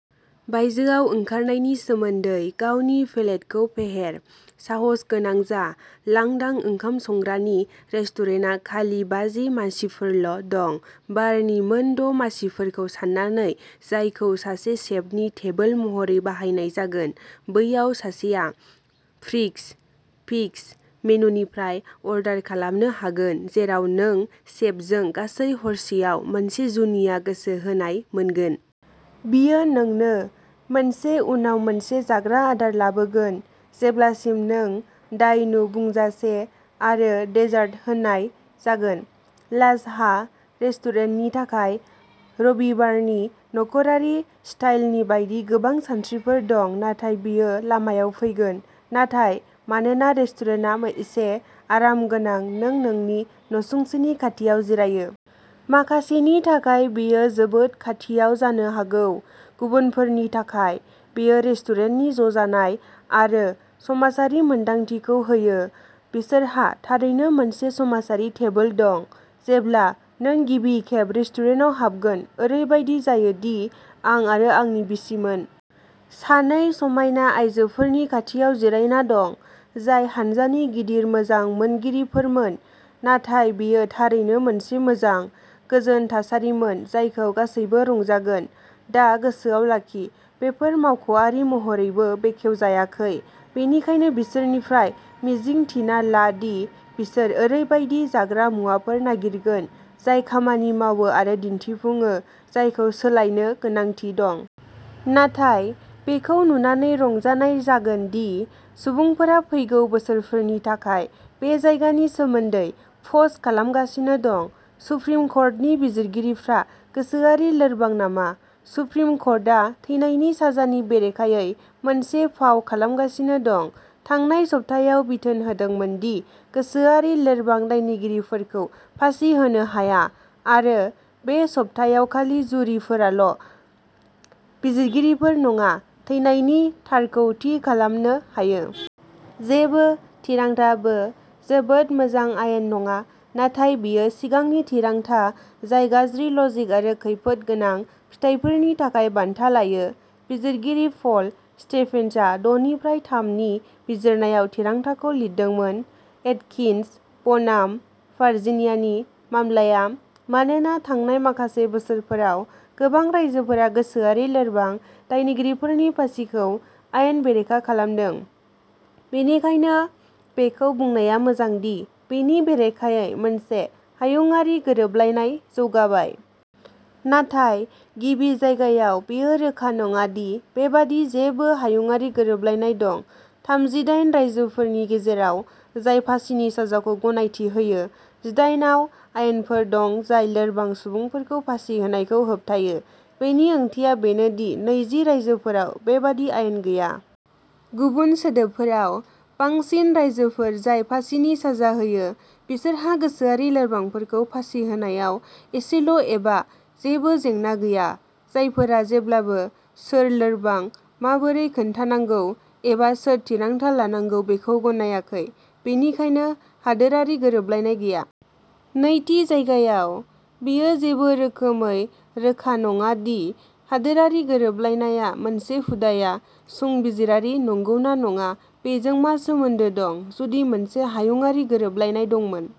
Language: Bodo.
बायजोआव ओंखारनायनि सोमोन्दै गावनि पेलेटखौ फेहेर, साहसगोनां जा। लांदां ओंखाम संग्रानि रेस्टुरेन्टआ खालि बाजि मासिफोरल' दं, बारनि मोन द’ मासिफोरखौ साननानै जायखौ सासे सेफनि टेबोल महरै बाहायनाय जागोन। बैयाव सासेआ प्रिक्स फिक्स मेनुनिफ्राय अर्डार खालामनो हागोन जेराव नों सेफजों गासै हरसेआव मोनसे जुनिया गोसो होनाय मोनगोन। बियो नोंनो मोनसे उनाव मोनसे जाग्रा आदार लाबोगोन जेब्लासिम नों दायनु बुंजासे आरो डेजार्ट होनाय जागोन। श्लासहा रेस्टुरेन्टनि थाखाय रबिबारनि नख'रारि स्टाइलनि बायदि गोबां सानस्रिफोर दं, नाथाय बेयो लामायाव फैगोन। नाथाय मानोना रेस्टुरेन्टा एसे आरामगोनां नों नोंनि नसुंसेनि खाथियाव जिरायो। माखासेनि थाखाय बेयो जोबोद खाथियाव जानो हागौ, गुबुनफोरनि थाखाय, बेयो रेस्टुरेन्टनि ज'जानाय आरो समाजारि मोन्दांथिखौ होयो बिसोरहा थारैनो मोनसे समाजारि टेबोल दं जेब्ला नों गिबि खेब रेस्टुरेन्टआव हाबगोन। ओरैबायदि जायो दि आं आरो आंनि बिसिमोन। सानै समायना आयजोफोरनि खाथियाव जिरायना दं, जाय हानजानि गिदिर मोजां मोनगिरिफोरमोन नाथाय बेयो थारैनो मोनसे मोजां, गोजोन थासारिमोन जायखौ गासैबो रंजागोन। दा गोसोआव लाखि, बेफोर मावख'आरि महरैबो बेखेवजायाखै, बेनिखायनो बिसोरनिफ्राय मिजिं थिना ला दि बिसोर ओरैबायदि जाग्रा मुवाफोर नागिरगोन जाय खामानि मावो आरो दिन्थिफुङो जायखौ सोलायनो गोनांथि दं। नाथाय बेखौ नुनानै रंजानाय जागोन दि सुबुंफोरा फैगौ बोसोरफोरनि थाखाय बे जायगानि सोमोन्दै पस्ट खालामगासिनो दं। सुप्रिम कर्टनि बिजिरगिरिफ्रा गोसोआरि लोरबां नामा? सुप्रिम कर्टआ थैनायनि साजानि बेरेखायै मोनसे फाव खालामगासिनो दं, थांनाय सप्तायाव बिथोन होदोंमोन दि गोसोआरि लोरबां दायनिगिरिफोरखौ फासि होनो हाया आरो बे सप्तायाव खालि जुरिफोराल', बिजिरगिरिफोर नङा, थैनायनि थारखौ थि खालामनो हायो। जेबो थिरांथाआबो जोबोद मोजां आयेन नङा, नाथाय बेयो सिगांनि थिरांथा जाय गाज्रि लजिक आरो खैफोदगोनां फिथायफोरनि थाखाय बान्था लायो। बिजिरगिरि पल स्टिभेन्सआ दनिफ्राइ थाम नि बिजिरनायाव थिरांथाखौ लिरदोंमोन। एटकिन्स बनाम भार्जिनियानि मामलाया, मानोना थांनाय माखासे बोसोरफोराव गोबां रायजोफोरा गोसोआरि लोरबां दायनिगिरिफोरनि फासिखौ आयेन बेरेखा खालामदों, बेनिखायनो बेखौ बुंनाया मोजां दि बेनि बेरेखायै मोनसे हायुङारि गोरोबलायनाय जौगाबाय। नाथाय गिबि जायगायाव, बेयो रोखा नङा दि बेबादि जेबो हायुङारि गोरोबलायनाय दं। थामजिदाइन रायजोफोरनि गेजेराव जाय फासिनि साजाखौ गनायथि होयो, जिदाइन आव आयेनफोर दं जाय लोरबां सुबुंफोरखौ फासि होनायखौ होबथायो। बेनि ओंथिया बेनो दि नैजि रायजोफोराव बेबादि आयेन गैया। गुबुन सोदोबफोराव, बांसिन रायजोफोर जाय फासिनि साजा होयो बिसोरहा गोसोआरि लोरबांफोरखौ फासि होनायाव एसेल' एबा जेबो जेंना गैया। जायफोरा जेब्लाबो सोर लोरबां, माबोरै खोन्थानांगौ, एबा सोर थिरांथा लानांगौ बेखौ गनायाखै। बेनिखायनो, हादोरारि गोरोबलायनाय गैया। नैथि जायगायाव, बेयो जेबो रोखोमै रोखा नङा दि हादोरारि गोरोबलायनाय आ मोनसे हुदाया संबिजिरारि नंगौना नङा बेजों मा सोमोन्दो दं। जुदि मोनसे हायुङारि गोरोबलायनाय दंमोन।